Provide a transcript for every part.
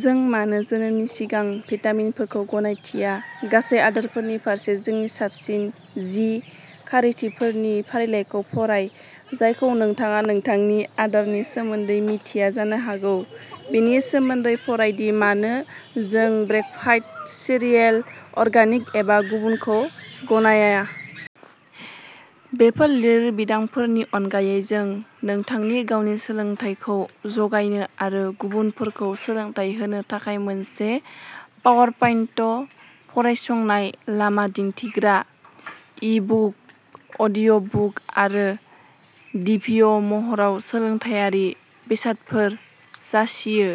जों मानो जोनोमनि सिगां भिटामिनफोरखौ गनायथिया, गासै आदारफोरनि फारसे जोंनि साबसिन जि खारिथिफोरनि फारिलाइखौ फराय जायखौ नोंथाङा नोंथांनि आदारनि सोमोन्दै मिथिया जानो हागौ। बेनि सोमोन्दै फराय दि मानो जों ब्रेकफायड सिरियेल, अर्गानिक एबा गुबुनखौ गनायाया। बेफोर लिरबिदांफोरनि अनगायै जों नोंथांनि गावनि सोलोंथाइखौ जगायनो आरो गुबुनफोरखौ सोलोंथाय होनो थाखाय मोनसे पावारपाइन्ट, फरायसंनाय लामा दिन्थिग्रा, इ-बुक, अडिअ'बुक आरो डिभिअ महराव सोलोंथायारि बेसादफोर जासियो।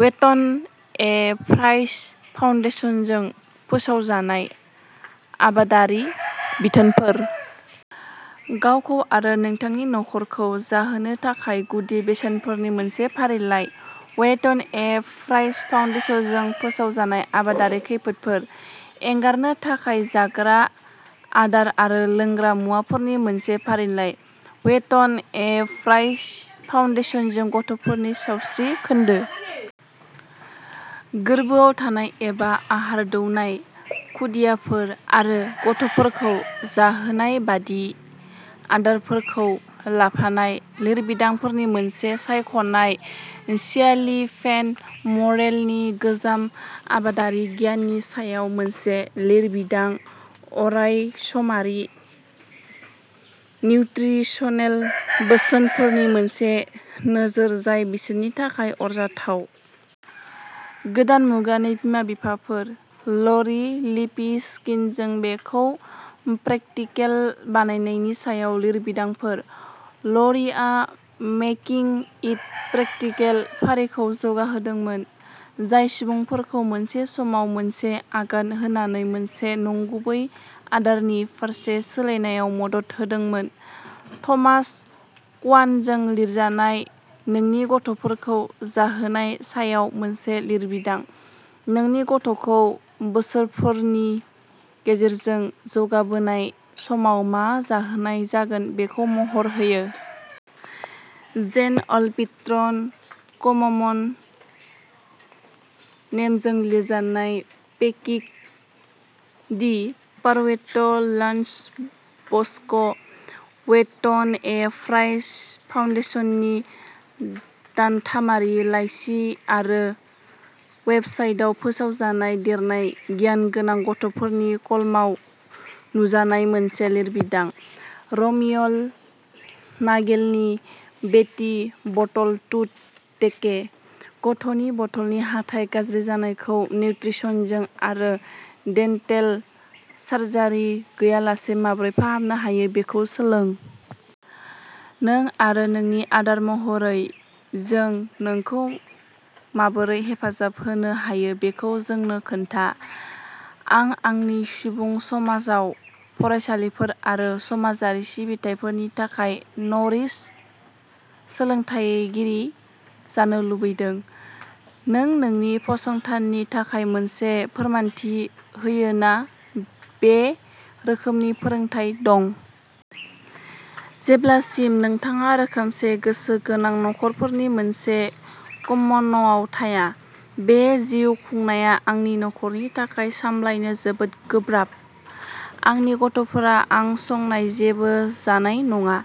वेट्टन ए प्राइस फाउन्डेसनजों फोसावजानाय आबादारि बिथोनफोर। गावखौ आरो नोंथांनि नखरखौ जाहोनो थाखाय गुदि बेसोनफोरनि मोनसे फारिलाइ। वेट्टन ए प्राइस फाउन्डेसजों फोसावजानाय आदारारि खैफोदफोर। एंगारनो थाखाय जाग्रा आदार आरो लोंग्रा मुवाफोरनि मोनसे फारिलाइ। वेट्टन ए प्राइस फाउन्डेशनजों गथ'फोरनि सावस्रि खोन्दो। गोर्बोआव थानाय एबा आहार दौनाय, खुदियाफोर आरो गथ'फोरखौ जाहोनाय बादि आदारफोरखौ लाफानाय लिरबिदांफोरनि मोनसे सायख'नाय। स्यालि फेन मरेलनि गोजाम आबादारि गियाननि सायाव मोनसे लिरबिदां अरायसमारि निउत्रिसनेल बोसोनफोरनि मोनसे नोजोर जाय बिसोरनि थाखाय अरजाथाव। गोदान मुगानि बिमा-बिफाफोर। ल'रि लिपिस्किनजों बेखौ प्रेकटिकेल बानायनायनि सायाव लिरबिदांफोर। ल'रिआ "मेकिं इट प्रेकटिकेल" फारिखौ जौगाहोदोंमोन, जाय सुबुंफोरखौ मोनसे समाव मोनसे आगान होनानै मोनसे नंगुबै आदारनि फारसे सोलायनायाव मदद होदोंमोन। थमास कवानजों लिरजानाय नोंनि गथ'फोरखौ जाहोनाय सायाव मोनसे लिरबिदां, नोंनि गथ'खौ बोसोरफोरनि गेजेरजों जौगाबोनाय समाव मा जाहोनाय जागोन बेखौ महर होयो। जेन अलबिट्रन, कममन नेमजों लिरजानाय packing the perfect lunch box. Weston A. Price फाउन्डेशननि दानथामारि लाइसि आरो वेबसाइटआव फोसावजानाय देरनाय गियानगोनां गथ'फोरनि कलमाव नुजानाय मोनसे लिरबिदां। रमियेल नागेलनि बेटी बटल टूथ डेके। गथ'नि बथलनि हाथाइ गाज्रि जानायखौ निउत्रिसनजों आरो डेन्टेल सार्जारि गैयालासे माबोरै फाहामनो हायो बेखौ सोलों। नों आरो नोंनि आदार महरै जों नोंखौ माबोरै हेफाजाब होनो हायो बेखौ जोंनो खोन्था। आं आंनि सुबुं समाजाव फरायसालिफोर आरो समाजारि सिबिथाइफोरनि थाखाय "न'रिश" सोलोंथायगिरि जानो लुबैदों। नों नोंनि फसंथाननि थाखाय मोनसे फोरमानथि होयो ना बे रोखोमनि फोरोंथाय दं। जेब्लासिम नोंथाङा रोखोमसे गोसो गोनां नखरफोरनि मोनसे कम्मनआव थाया, बे जिउ खुंनाया आंनि नखरनि थाखाय सामलायनो जोबोद गोब्राब। आंनि गथ'फोरा आं संनाय जेबो जानाय नङा।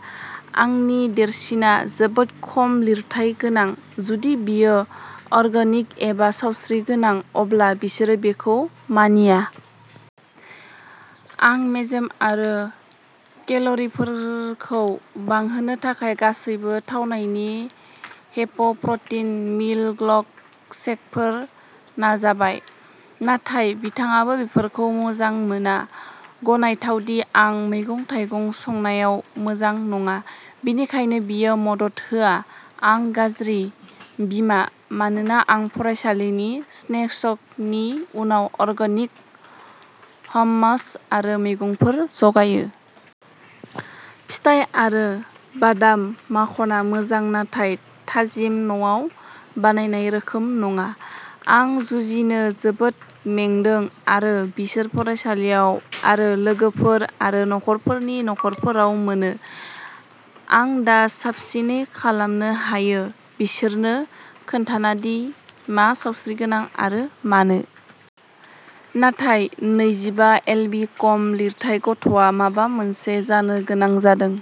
आंनि देरसिनआ जोबोद खम लिरथाय गोनां। जुदि बेयो अर्गेनिक एबा सावस्रिगोनां, अब्ला बिसोरो बेखौ मानिया। आं मेजेम आरो केल'रिफोरखौ बांहोनो थाखाय गासैबो थावनायनि हेप प्र'टिन मिल्क शेकफोर नाजाबाय, नाथाय बिथाङाबो बेफोरखौ "मोजां मोना"। गनायथाव दि आं मैगं-थाइगं संनायाव मोजां नङा। बेनिखायनो बियो मदद होआ। आं "गाज्रि" बिमा मानोना आं फरायसालिनि स्नेक्सनि उनाव अर्गेनिक हममास आरो मैगंफोर जगायो। फिथाइ आरो बादाम माखनआ मोजां नाथाय थाजिम न'आव बानायनाय रोखोम नङा। आं जुजिनो जोबोद मेंदों आरो बिसोर फरायसालियाव आरो लोगोफोर आरो नखरफोरनि न'खरफोराव मोनो। आं दा साबसिनै खालामनो हायो बिसोरनो खोन्थाना दि मा सावस्रिगोनां आरो मानो? नाथाय नैजिबा एलबि खम लिरथाय गथ'आ माबा मोनसे जानो गोनां जादों।